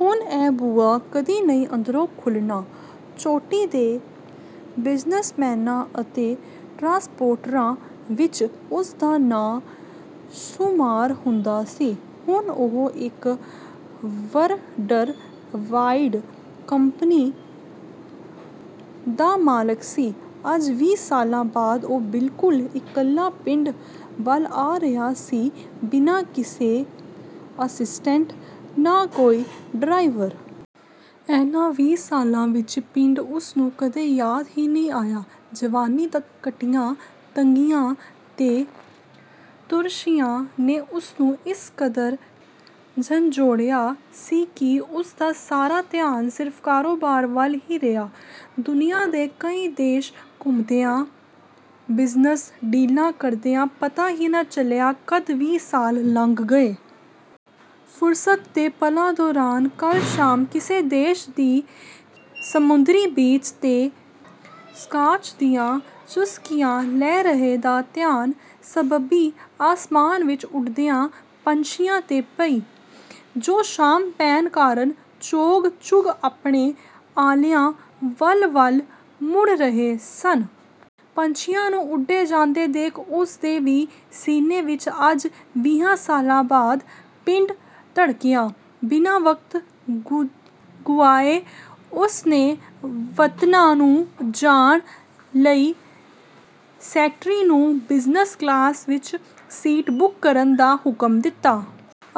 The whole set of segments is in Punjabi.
ਹੁਣ ਇਹ ਬੂਹਾ ਕਦੇ ਨਹੀ ਅੰਦਰੋ ਖੁੱਲਣਾ। ਚੋਟੀ ਦੇ ਬਿਜ਼ਨਸਮੈਨਾਂ ਅਤੇ ਟਰਾਂਸਪੋਰਟਰਾਂ ਵਿੱਚ ਉਸਦਾ ਨਾਮ ਸ਼ੁਮਾਰ ਹੁੰਦਾ ਸੀ। ਹੁਣ ਉਹ ਇੱਕ ਵਰਲਡ-ਵਾਈਡ ਕੰਪਨੀ ਦਾ ਮਾਲਕ ਸੀ। ਅੱਜ ਵੀਹ ਸਾਲਾ ਬਾਅਦ ਉਹ ਬਿਲਕੁਲ ਇਕੱਲਾ ਪਿੰਡ ਵੱਲ ਆ ਰਿਹਾ ਸੀ ਬਿਨਾ ਕਿਸੇ ਅਸਿਸਟੈਂਟ, ਨਾ ਕੋਈ ਡਰਾਇਵਰ। ਇਨ੍ਹਾਂ ਵੀਹ ਸਾਲਾਂ ਵਿੱਚ ਪਿੰਡ ਉਸਨੂੰ ਕਦੇ ਯਾਦ ਹੀ ਨਹੀਂ ਆਇਆ। ਜਵਾਨੀ ਤੱਕ ਕੱਟੀਆਂ ਤੰਗੀਆਂ ਤੇ ਤੁਰਸ਼ੀਆਂ ਨੇ ਉਸਨੂੰ ਇਸ ਕਦਰ ਝੰਜੋੜਿਆ ਸੀ ਕਿ ਉਸਦਾ ਸਾਰਾ ਧਿਆਨ ਸਿਰਫ਼ ਕਾਰੋਬਾਰ ਵੱਲ ਹੀ ਰਿਹਾ। ਦੁਨੀਆ ਦੇ ਕਈ ਦੇਸ਼ ਘੁੰਮਦਿਆ, ਬਿਜਨਸ਼ ਡੀਲ਼ਾ ਕਰਦਿਆ ਪਤਾ ਹੀ ਨਾ ਚੱਲਿਆ ਕਦ ਵੀਹ ਸਾਲ ਲੰਘ ਗਏ।। ਫੁਰਸਤ ਦੇ ਪਲਾ ਦੌਰਾਨ ਕੱਲ ਸ਼ਾਮ ਕਿਸੇ ਦੇਸ਼ ਦੀ ਸਮੁੰਦਰੀ ਬੀਚ ਤੇ ਸਕਾੱਚ ਦੀਆ ਚੁਸਕੀਆ ਲੈ ਰਹੇ ਦਾ ਧਿਆਨ ਸਬੱਬੀ ਅਸਮਾਨ ਵਿੱਚ ਉੱਡਦੇਆ ਪੰਛੀਆ ਤੇ ਪਈ, ਜੋ ਸ਼ਾਮ ਪੈਣ ਕਾਰਨ ਚੋਗ ਚੁਗ ਆਪਣੇ ਆਲਣਿਆ ਵੱਲ ਵੱਲ ਮੁੜ ਰਹੇ ਸਨ। ਪੰਛੀਆ ਨੂੰ ਉੱਡੇ ਜਾਂਦੇ ਦੇਖ ਉਸਦੇ ਵੀ ਸੀਨੇ ਵਿੱਚ ਅੱਜ ਵੀਹਾਂ ਸਾਲਾ ਬਾਅਦ ਪਿੰਡ ਧੜਕਿਆ, ਬਿਨਾ ਵਕਤ ਗੁਆਏ ਉਸਨੇ ਵਤਨਾਂ ਨੂੰ ਜਾਣ ਲਈ ਸੈਕੇਟਰੀ ਨੂੰ ਬਿਜਨਸ਼ ਕਲਾਸ ਵਿੱਚ ਸੀਟ ਬੁੱਕ ਕਰਨ ਦਾ ਹੁਕਮ ਦਿੱਤਾ।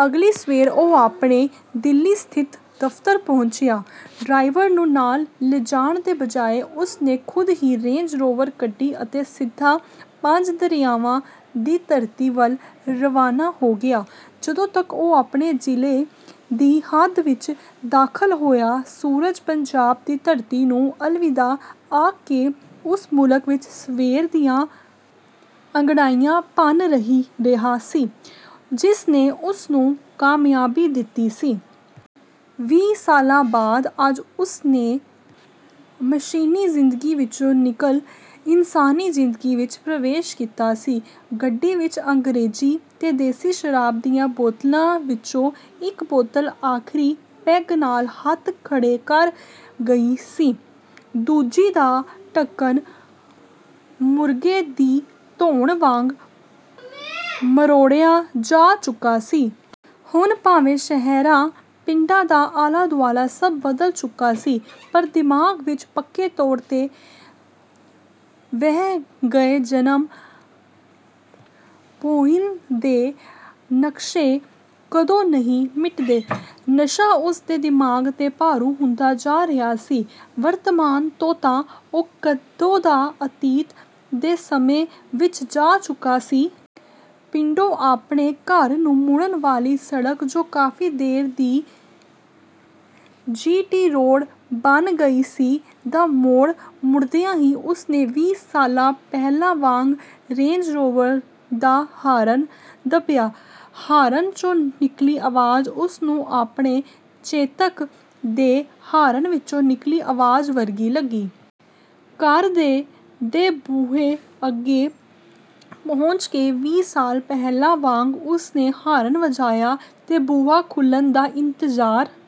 ਅਗਲੀ ਸਵੇਰ ਉਹ ਆਪਣੇ ਦਿੱਲੀ ਸਥਿਤ ਦਫ਼ਤਰ ਪਹੁੰਚਿਆ, ਡਰਾਈਵਰ ਨੂੰ ਨਾਲ ਲਿਜਾਣ ਦੀ ਬਜਾਏ ਉਸਨੇ ਖੁਦ ਹੀ ਰੇਂਜ ਰੋਵਰ ਕੱਢੀ ਅਤੇ ਸਿੱਧਾ ਪੰਜ ਦਰਿਆਵਾਂ ਦੀ ਧਰਤੀ ਵੱਲ ਰਵਾਨਾ ਹੋ ਗਿਆ। ਜਦੋਂ ਤੱਕ ਉਹ ਆਪਣੇ ਜ਼ਿਲ੍ਹੇ ਦੀ ਹੱਦ ਵਿੱਚ ਦਾਖ਼ਲ ਹੋਇਆ, ਸੂਰਜ ਪੰਜਾਬ ਦੀ ਧਰਤੀ ਨੂੰ ਅਲਵਿਦਾ ਆਖ ਕੇ ਉਸ ਮੁਲਕ ਵਿੱਚ ਸਵੇਰ ਦੀਆਂ ਅੰਗੜਾਈਆਂ ਭੰਨ ਰਿਹਾ ਸੀ, ਜਿਸ ਨੇ ਉਸਨੂੰ ਕਾਮਯਾਬੀ ਦਿੱਤੀ ਸੀ। ਵੀਹ ਸਾਲਾ ਬਾਅਦ ਅੱਜ ਉਸਨੇ ਮਸ਼ੀਨੀ ਜ਼ਿੰਦਗੀ ਵਿੱਚੋ ਨਿੱਕਲ ਇੰਨਸਾਨੀ ਜ਼ਿੰਦਗੀ ਵਿੱਚ ਪ੍ਰਵੇਸ਼ ਕੀਤਾ ਸੀ। ਗੱਡੀ ਵਿੱਚ ਅੰਗਰੇਜ਼ੀ ਤੇ ਦੇਸੀ ਸ਼ਰਾਬ ਦੀਆਂ ਬੋਤਲਾਂ ਵਿੱਚੋ ਇੱਕ ਬੋਤਲ ਆਖਰੀ ਪੈੱਗ ਨਾਲ ਹੱਥ ਖੜੇ ਕਰ ਗਈ ਸੀ, ਦੂਜੀ ਦਾ ਢੱਕਣ ਮੁਰਗ਼ੇ ਦੀ ਧੌਣ ਵਾਂਗ ਮਰੋੜਿਆ ਜਾ ਚੁੱਕਾ ਸੀ। ਹੁਣ ਭਾਵੇਂ ਸ਼ਹਿਰਾਂ ਪਿੰਡਾਂ ਦਾ ਆਲਾ ਦੁਆਲਾ ਸਭ ਬਦਲ ਚੁੱਕਾ ਸੀ ਪਰ ਦਿਮਾਗ ਵਿੱਚ ਪੱਕੇ ਤੌਰ ਤੇ ਵਹਿ ਗਏ ਜਨਮ ਭੋਇੰ ਦੇ ਨਕਸ਼ੇ ਕਦੋ ਨਹੀਂ ਮਿਟਦੇ। ਨਸ਼ਾ ਉਸਦੇ ਦਿਮਾਗ ਤੇ ਭਾਰੂ ਹੁੰਦਾ ਜਾ ਰਿਹਾ ਸੀ, ਵਰਤਮਾਨ ਤੋਂ ਤਾਂ ਉਹ ਕਦੋ ਦਾ ਅਤੀਤ ਦੇ ਸਮੇਂ ਵਿੱਚ ਜਾ ਚੁੱਕਾ ਸੀ। ਪਿੰਡੋਂ ਆਪਣੇ ਘਰ ਨੂੰ ਮੁੜਣ ਵਾਲੀ ਸੜਕ ਜੋ ਕਾਫ਼ੀ ਦੇਰ ਦੀ ਜੀ ਟੀ ਰੋਡ ਬਣ ਗਈ ਸੀ ਦਾ ਮੋੜ ਮੁੜਦਿਆ ਹੀ ਉਸਨੇ ਵੀਹ ਸਾਲਾ ਪਹਿਲਾ ਵਾਂਗ ਰੇਂਜ ਰੋਵਰ ਦਾ ਹਾਰਨ ਦੱਬਿਆ, ਹਾਰਨ ਚੋ ਨਿੱਕਲੀ ਅਵਾਜ ਉਸਨੂੰ ਆਪਣੇ ਚੇਤਕ ਦੇ ਹਾਰਨ ਵਿੱਚੋ ਨਿੱਕਲੀ ਅਵਾਜ ਵਰਗੀ ਲੱਗੀ। ਘਰਦੇ ਦੇ ਬੂਹੇ ਅੱਗੇ ਪਹੁੰਚ ਕੇ ਵੀਹ ਸਾਲ ਪਹਿਲਾ ਵਾਂਗ ਉਸਨੇ ਹਾਰਨ ਵਜਾਇਆ ਤੇ ਬੂਹਾ ਖੁੱਲਣ ਦਾ ਇੰਤਜਾਰ